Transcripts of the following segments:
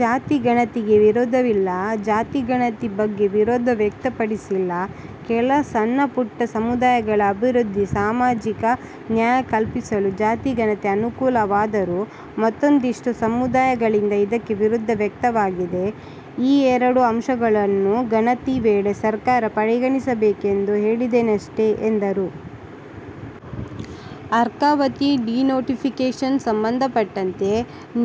ಜಾತಿ ಗಣತಿಗೆ ವಿರೋಧವಿಲ್ಲ: ಜಾತಿ ಗಣತಿ ಬಗ್ಗೆ ವಿರೋಧ ವ್ಯಕ್ತಪಡಿಸಿಲ್ಲ. ಕೆಲ ಸಣ್ಣ ಪುಟ್ಟ ಸಮುದಾಯಗಳ ಅಭಿವೃದ್ಧಿ, ಸಾಮಾಜಿಕ ನ್ಯಾಯ ಕಲ್ಪಿಸಲು ಜಾತಿ ಗಣತಿ ಅನುಕೂಲವಾದರೂ ಮತ್ತೂಂದಿಷ್ಟು ಸಮುದಾಯಗಳಿಂದ ಇದಕ್ಕೆ ವಿರೋಧ ವ್ಯಕ್ತವಾಗಿದೆ. ಈ ಎರಡು ಅಂಶಗಳನ್ನು ಗಣತಿ ವೇಳೆ ಸರ್ಕಾರ ಪರಿಗಣಿಸಬೇಕೆಂದು ಹೇಳಿದ್ದನಷ್ಟೆ ಎಂದರು. ಅರ್ಕಾವತಿ ಡಿನೋಟಿಫಿಕೇಶನ್ ಸಂಬಂಧಪಟ್ಟಂತೆ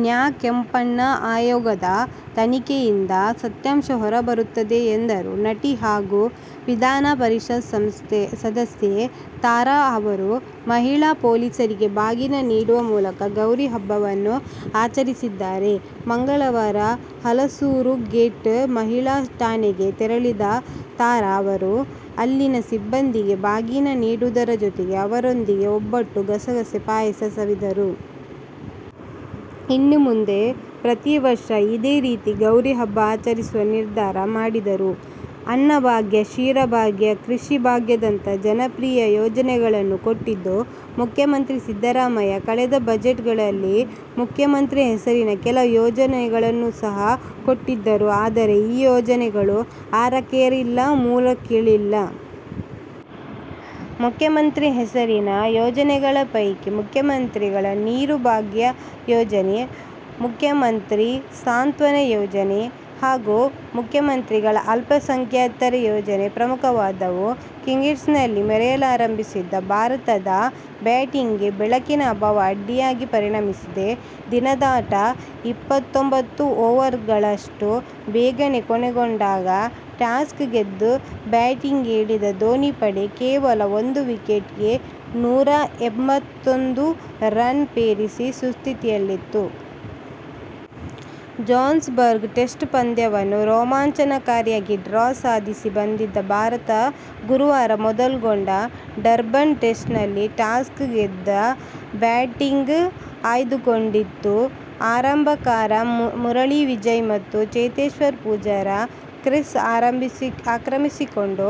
ನ್ಯಾ ಕೆಂಪಣ್ಣ ಆಯೋಗದ ತನಿಖೆಯಿಂದ ಸತ್ಯಾಂಶ ಹೊರಬರುತ್ತದೆ ಎಂದರು. ನಟಿ ಹಾಗೂ ವಿಧಾನ ಪರಿಷತ್ ಸದಸ್ಯೆ ತಾರಾ ಅವರು ಮಹಿಳಾ ಪೊಲೀಸರಿಗೆ ಬಾಗಿನ ನೀಡುವ ಮೂಲಕ ಗೌರಿ ಹಬ್ಬವನ್ನು ಆಚರಿಸಿದ್ದಾರೆ. ಮಂಗಳವಾರ ಹಲಸೂರು ಗೇಟ್ ಮಹಿಳಾ ಠಾಣೆಗೆ ತೆರಳಿದ ತಾರಾ ಅವರು ಅಲ್ಲಿನ ಸಿಬ್ಬಂದಿಗೆ ಬಾಗಿನ ನೀಡುವುದರ ಜೊತೆಗೆ ಅವರೊಂದಿಗೆ ಒಬ್ಬಟ್ಟು, ಗಸಗಸೆ ಪಾಯಸ ಸವಿದರು. ಇನ್ನು ಮುಂದೆ ಪ್ರತಿ ವರ್ಷ ಇದೇ ರೀತಿ ಗೌರಿ ಹಬ್ಬ ಆಚರಿಸುವ ನಿರ್ಧಾರ ಮಾಡಿದರು. ಅನ್ನಭಾಗ್ಯ, ಕ್ಷೀರಭಾಗ್ಯ, ಕೃಷಿ ಭಾಗ್ಯದಂತಹ ಜನಪ್ರಿಯ ಯೋಜನೆಗಳನ್ನು ಕೊಟ್ಟಿದ್ದ ಮುಖ್ಯಮಂತ್ರಿ ಸಿದ್ದರಾಮಯ್ಯ ಕಳೆದ ಬಜೆಟ್ನಲ್ಲಿ ಮುಖ್ಯಮಂತ್ರಿ ಹೆಸರಿನ ಕೆಲವು ಯೋಜನೆಗಳನ್ನು ಸಹ ಕೊಟ್ಟಿದ್ದರು. ಆದರೆ, ಈ ಯೋಜನೆಗಳು ಆರಕ್ಕೇರಿಲ್ಲ, ಮೂರಕ್ಕಿಳಿದಿಲ್ಲ. ಮುಖ್ಯಮಂತ್ರಿ ಹೆಸರಿನ ಯೋಜನೆಗಳ ಪೈಕಿ ಮುಖ್ಯಮಂತ್ರಿಗಳ ನಗರ ನೀರು ಭಾಗ್ಯ ಯೋಜನೆ, ಮುಖ್ಯಮಂತ್ರಿ ಸಾಂತ್ವನಯೋಜನೆ ಹಾಗೂ ಮುಖ್ಯಮಂತ್ರಿಗಳ ಅಲ್ಪಸಂಖ್ಯಾತರ ಯೋಜನೆ ಪ್ರಮುಖವಾದವು. ಕಿಂಗ್ಸ್ಮೀಡ್ನಲ್ಲಿ ಮೆರೆಯಲಾರಂಭಿಸಿದ್ದ ಭಾರತದ ಬ್ಯಾಟಿಂಗಿಗೆ ಬೆಳಕಿನ ಅಭಾವ ಅಡ್ಡಿಯಾಗಿ ಪರಿಣಮಿಸಿದೆ. ದಿನದಾಟ ಇಪ್ಪತ್ತೊಂಬತ್ತು ಓವರ್ಗಳಷ್ಟು ಬೇಗನೇ ಕೊನೆಗೊಂಡಾಗ ಟಾಸ್ ಗೆದ್ದು ಬ್ಯಾಟಿಂಗಿಗೆ ಇಳಿದಿದ್ದ ಧೋನಿ ಪಡೆ ಕೇವಲ ಒಂದು ವಿಕೆಟಿಗೆ ನೂರಾ ಎಂಬತ್ತೊಂದು ರನ್ ಪೇರಿಸಿ ಸುಸ್ಥಿತಿಯಲ್ಲಿತ್ತು. ಜೊಹಾನ್ಸ್ಬರ್ಗ್ ಟೆಸ್ಟ್ ಪಂದ್ಯವನ್ನು ರೋಮಾಂಚಕಾರಿಯಾಗಿ ಡ್ರಾ ಸಾಧಿಸಿ ಬಂದಿದ್ದ ಭಾರತ ಗುರುವಾರ ಮೊದಲ್ಗೊಂಡ ಡರ್ಬನ್ ಟೆಸ್ಟ್ನಲ್ಲಿ ಟಾಸ್ ಗೆದ್ದು ಬ್ಯಾಟಿಂಗ್ ಆಯ್ದುಕೊಂಡಿತ್ತು. ಆರಂಭಕಾರ ಮುರಳಿ ವಿಜಯ್ ಮತ್ತು ಚೇತೇಶ್ವರ್ ಪೂಜಾರ ಕ್ರೀಸ್ ಆಕ್ರಮಿಸಿಕೊಂಡು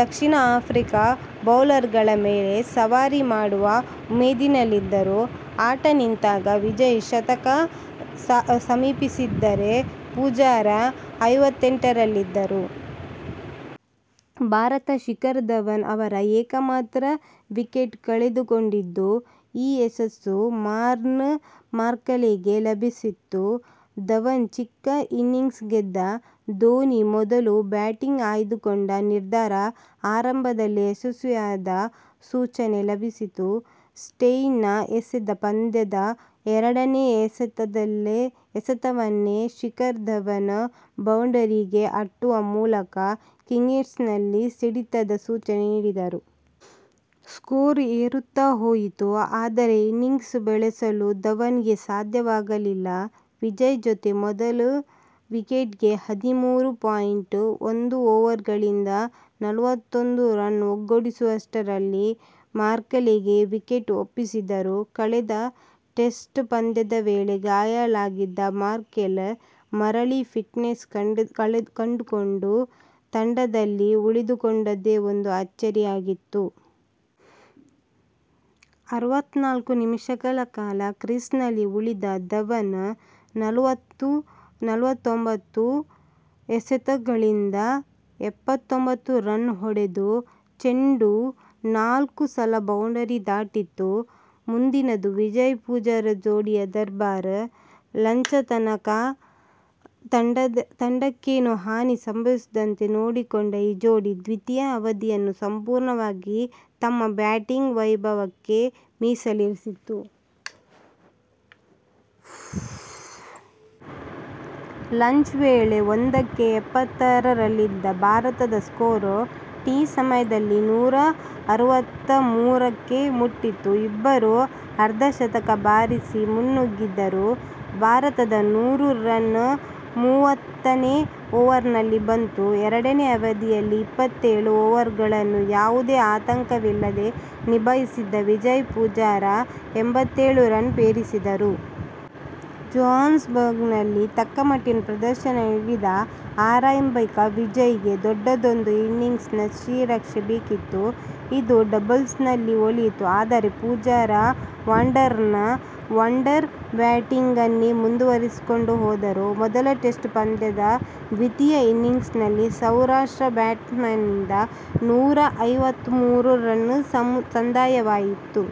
ದಕ್ಷಿಣ ಆಫ್ರಿಕಾ ಬೌಲರ್ಗಳ ಮೇಲೆ ಸವಾರಿ ಮಾಡುವ ಉಮೇದಿನಲ್ಲಿದ್ದರು. ಆಟ ನಿಂತಾಗ ವಿಜಯ್ ಶತಕ ಸಮೀಪಿಸಿದ್ದರೆ, ಪೂಜಾರ ಐವತ್ತೆಂಟರಲ್ಲಿದ್ದರು. ಭಾರತ ಶಿಖರ್ ಧವನ್ ಅವರ ಏಕಮಾತ್ರ ವಿಕೆಟ್ ಕಳೆದುಕೊಂಡಿದ್ದು, ಈ ಯಶಸ್ಸು ಮಾರ್ನ್ ಮಾರ್ಕೆಲ್ಗೆ ಲಭಿಸಿತ್ತು. ಧವನ್ ಚಿಕ್ಕ ಇನ್ನಿಂಗ್ಸ್ಟಾಸ್ ಗೆದ್ದ ಧೋನಿ ಮೊದಲು ಬ್ಯಾಟಿಂಗ್ ಆಯ್ದುಕೊಂಡ ನಿರ್ಧಾರ ಆರಂಭದಲ್ಲೇ ಯಶಸ್ವಿಯಾದ ಸೂಚನೆ ಲಭಿಸಿತು. ಸ್ಟೇಯ್ನ ಎಸೆದ ಪಂದ್ಯದ ಎರಡನೇ ಎಸೆತವನ್ನೇ ಶಿಖರ್ ಧವನ್ ಬೌಂಡರಿಗೆ ಅಟ್ಟುವ ಮೂಲಕ ಕಿಂಗ್ಸ್ಮೀಡ್ನಲ್ಲಿ ಸಿಡಿತದ ಸೂಚನೆ ನೀಡಿದರು. ಸ್ಕೋರ್ ಏರುತ್ತ ಹೋಯಿತು. ಆದರೆ ಇನ್ನಿಂಗ್ಸ್ ಬೆಳೆಸಲು ಧವನ್ಗೆ ಸಾಧ್ಯವಾಗಲಿಲ್ಲ. ವಿಜಯ್ ಜತೆ ಮೊದಲ ವಿಕೆಟಿಗೆ ಹದಿಮೂರು ಪಾಯಿಂಟ್ ಒಂದು ಓವರ್ಗಳಿಂದ ನಲವತ್ತೊಂದು ರನ್ ಒಟ್ಟುಗೂಡಿಸುವಷ್ಟರಲ್ಲಿ ಮಾರ್ಕೆಲ್ಗೆ ವಿಕೆಟ್ ಒಪ್ಪಿಸಿದರು. ಕಳೆದ ಟೆಸ್ಟ್ ಪಂದ್ಯದ ವೇಳೆ ಗಾಯಾಳಾಗಿದ್ದ ಮಾರ್ಕೆಲ್ ಮರಳಿ ಫಿಟ್ನೆಸ್ ಕಂಡುಕೊಂಡು ತಂಡದಲ್ಲಿ ಉಳಿದುಕೊಂಡದ್ದೇ ಒಂದು ಆಚ್ಚರಿಯಾಗಿತ್ತು. ಆರಾವತ್ತ್ನಾಲ್ಕು ನಿಮಿಷಗಳ ಕಾಲ ಕ್ರೀಸ್ನಲ್ಲಿ ಉಳಿದ ಧವನ್ ನಲವತ್ತುಹೊಂಬತ್ತು ಎಸೆತಗಳಿಂದ ಇಪ್ಪತ್ತೊಂಭತ್ತು ರನ್ ಹೊಡೆದರು. ಚೆಂಡು ನಾಲ್ಕು ಸಲ ಬೌಂಡರಿ ದಾಟಿತು. ಮುಂದಿನದು ವಿಜಯ್-ಪೂಜಾರ ಜೋಡಿಯ ದರ್ಬಾರು. ಲಂಚ್ ತನಕ ತಂಡಕ್ಕೇನೂ ಹಾನಿ ಸಂಭವಿಸದಂತೆ ನೋಡಿಕೊಂಡ ಈ ಜೋಡಿ, ದ್ವಿತೀಯ ಅವಧಿಯನ್ನು ಸಂಪೂರ್ಣವಾಗಿ ತಮ್ಮ ಬ್ಯಾಟಿಂಗ್ ವೈಭವಕ್ಕೆ ಮೀಸಲಿರಿಸಿತು. ಲಂಚ್ ವೇಳೆ ಒಂದಕ್ಕೆ ಎಪ್ಪತ್ತಾರು ರಲ್ಲಿದ್ದ ಭಾರತದ ಸ್ಕೋರ್ ಟೀ ಸಮಯದಲ್ಲಿ ನೂರಾ ಅರವತ್ತಮೂರು ಕ್ಕೆ ಮುಟ್ಟಿತ್ತು. ಇಬ್ಬರೂ ಅರ್ಧ ಶತಕ ಬಾರಿಸಿ ಮುನ್ನುಗ್ಗಿದ್ದರು. ಭಾರತದ ನೂರು ರನ್ ಮೂವತ್ತನೇ ಓವರಿನಲ್ಲಿ ಬಂತು. ಎರಡನೇ ಅವಧಿಯಲ್ಲಿ ಇಪ್ಪತ್ತೇಳು ಓವರ್ಗಳನ್ನು ಯಾವುದೇ ಆತಂಕವಿಲ್ಲದೆ ನಿಭಾಯಿಸಿದ ವಿಜಯ್-ಪೂಜಾರ ಎಂಬತ್ತೇಳು ರನ್ ಪೇರಿಸಿದರು. ಜೊಹಾನ್ಸ್ಬರ್ಗ್ನಲ್ಲಿ ತಕ್ಕಮಟ್ಟಿನ ಪ್ರದರ್ಶನ ನೀಡಿದ್ದ ಆರಂಭಿಕ ವಿಜಯ್ಗೆ ದೊಡ್ಡದೊಂದು ಇನ್ನಿಂಗ್ಸಿನ ಶ್ರೀರಕ್ಷೆ ಬೇಕಿತ್ತು. ಇದು ಡರ್ಬನ್ನಲ್ಲಿ ಒಲಿಯಿತು. ಆದರೆ ಪೂಜಾರ ವಾಂಡರರ್ನ ವಂಡರ್ ಬ್ಯಾಟಿಂಗನ್ನೇ ಮುಂದುವರಿಸಿಕೊಂಡು ಹೋದರು. ಮೊದಲ ಟೆಸ್ಟ್ ಪಂದ್ಯದ ದ್ವಿತೀಯ ಇನ್ನಿಂಗ್ಸ್ನಲ್ಲಿ ಸೌರಾಷ್ಟ್ರ ಬ್ಯಾಟ್ಸ್ಮನ್ನಿಂದ ನೂರಾ ಐವತ್ತಮೂರು ರನ್ ಸಂದಾಯವಾಗಿತ್ತು.